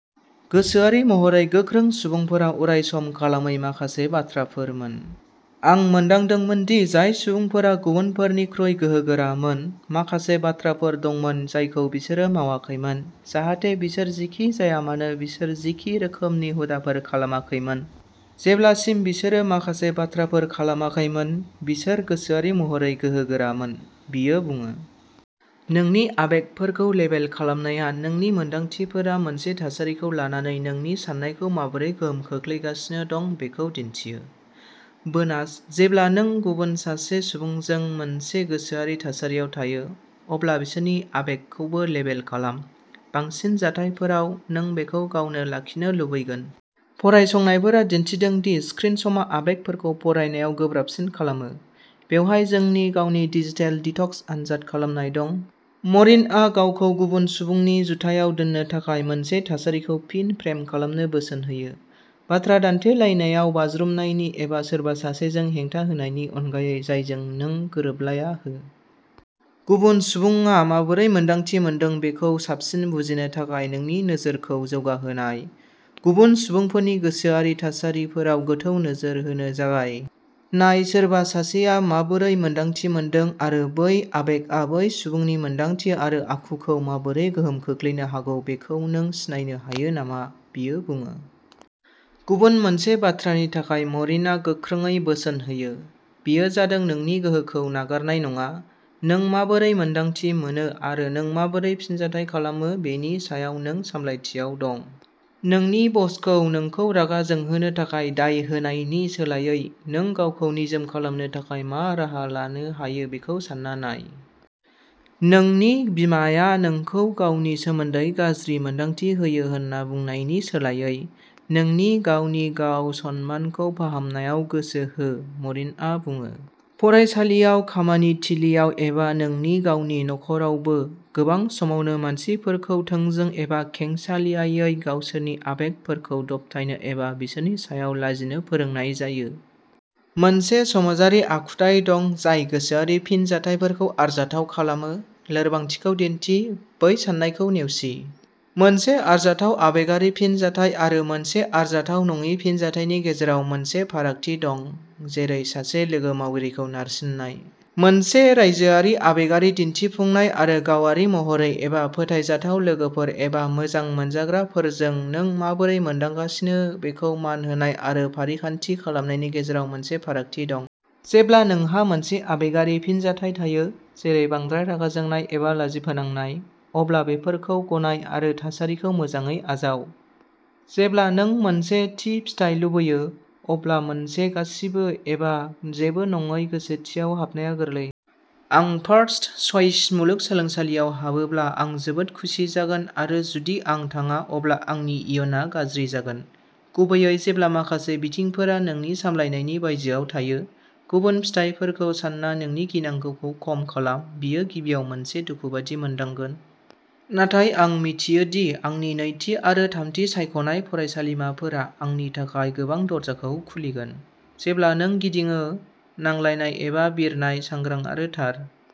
गोसोआरि महरै गोख्रों सुबुंफोरा अरायसम खालामै माखासे बाथ्राफोरमोन। "आं मोनदांदोंमोन दि जाय सुबुंफोरा गुबुनफोरनिख्रुइ गोहोगोरामोन, माखासे बाथ्राफोर दंमोन जायखौ बिसोरो मावाखैमोन, जाहाथे बिसोर जेखि जाया मानो बिसोर जेखि रोखोमनि हुदाफोर खालामाखैमोन, जेब्लासिम बिसोरो माखासे बाथ्राफोर खालामाखैमोन, बिसोर गोसोआरि महरै गोहोगोरामोन", बियो बुङो। नोंनि आबेगफोरखौ लेबेल खालामनाया नोंनि मोनदांथिफोरा मोनसे थासारिखौ लानानै नोंनि साननायखौ माबोरै गोहोम खोख्लैगासिनो दं बेखौ दिन्थियो। बोनासः जेब्ला नों गुबुन सासे सुबुंजों मोनसे गोसोआरि थासारियाव थायो, अब्ला बिसोरनि आबेगखौबो लेबेल खालाम। बांसिन जाथायफोराव, नों बेखौ गावनो लाखिनो लुबैगोन। फरायसंनायफोरा दिन्थिदों दि स्क्रिन समा आबेगफोरखौ फरायनायाव गोब्राबसिन खालामो। बेवहाय जोंनि गावनि डिजिटेल डिटक्स आनजाद खालामनाय दं। मरिनआ गावखौ गुबुन सुबुंनि जुथायाव दोननो थाखाय मोनसे थासारिखौ फिन फ्रेम खालामनो बोसोन होयो। "बाथ्रा दान्थेलायनायाव बाज्रुमनायनि एबा सोरबा सासेजों हेंथा होनायनि अनगायै जायजों नों गोरोबलाया हो। गुबुन सुबुङा माबोरै मोन्दांथि मोनदों बेखौ साबसिन बुजिनो थाखाय नोंनि नोजोरखौ जौगाहोनाय। "गुबुन सुबुंफोरनि गोसोआरि थासारिफोराव गोथौ नोजोर होनो जागाय। नाय सोरबा सासेआ माबोरै मोन्दांथि मोनदों आरो बै आबेगआ बै सुबुंनि मोनदांथि आरो आखुखौ माबोरै गोहोम खोख्लैनो हागौ बेखौ नों सिनायनो हायो नामा", बियो बुङो। गुबुन मोनसे बाथ्रानि थाखाय मरिनआ गोख्रोङै बोसोन होयो, बेयो जादों नोंनि गोहोखौ नागारनाय नङा। नों माबोरै मोन्दांथि मोनो आरो नों माबोरै फिनजाथाय खालामो बेनि सायाव नों सामलायथियाव दं। "नोंनि बसखौ नोंखौ रागा जोंहोनो थाखाय दाय होनायनि सोलायै, नों गावखौ निजोम खालामनो थाखाय मा राहा लानो हायो बेखौ सान्ना नाय। नोंनि बिमाया नोंखौ गावनि सोमोन्दै गाज्रि मोन्दांथि होयो होन्ना बुंनायनि सोलायै, नोंनि गावनि गाव-सनमानखौ फाहामनायाव गोसो हो", मरिनआ बुङो। फरायसालियाव खामानि थिलिआव एबा नोंनि गावनि नख'रावबो, गोबां समावनो मानसिफोरखौ थोंजों एबा खेंसालियायै गावसोरनि आबेगफोरखौ दबथायनो एबा बिसोरनि सायाव लाजिनो फोरोंनाय जायो। मोनसे समाजारि आखुथाय दं जाय गोसोआरि फिनजाथायफोरखौ आरजाथाव खालामो। लोरबांथिखौ दिन्थि। बै साननायखौ नेवसि। मोनसे आरजाथाव आबेगारि फिनजाथाय आरो मोनसे आरजाथाव नङि फिनजाथायनि गेजेराव मोनसे फारागथि दं, जेरै सासे लोगो मावगिरिखौ नारसिन्नाय। मोनसे रायजोआरि आबेगारि दिन्थिफुंनाय आरो गावारि महरै एबा फोथायजाथाव लोगोफोर एबा मोजां मोनजाग्राफोरजों नों माबोरै मोनदांगासिनो बेखौ मान होनाय आरो फारिखान्थि खालामनायनि गेजेराव मोनसे फारागथि दं। जेब्ला नोंहा मोनसे आबेगारि फिनजाथाय थायो, जेरै बांद्राय रागा जोंनाय एबा लाजि फोनांनाय, अब्ला बेफोरखौ गनाय आरो थासारिखौ मोजाङै आजाव। जेब्ला नों मोनसे थि फिथाय लुबैयो, अब्ला मोनसे गासिबो एबा जेबो नङै गोसोथियाव हाबनाया गोरलै। आं फार्स्टचइस मुलुगसोलोंसालियाव हाबोब्ला आं जोबोद खुसि जागोन आरो जुदि आं थाङा अब्ला आंनि इयुनआ गाज्रि जागोन। गुबैयै जेब्ला माखासे बिथिंफोरा नोंनि सामलायनायनि बायजोआव थायो, गुबुन फिथायफोरखौ सानना नोंनि गिनांगौखौ खम खालाम बेयो गिबियाव मोनसे दुखु बायदि मोनदांगोन, नाथाय आं मिथियो दि आंनि नैथि आरो थामथि सायख'नाय फरायसालिमाफोरा आंनि थाखाय गोबां दरजाखौ खुलिगोन। जेब्ला नों गिदिङो, नांलायनाय एबा बिरनाय सांग्रां आरो थार।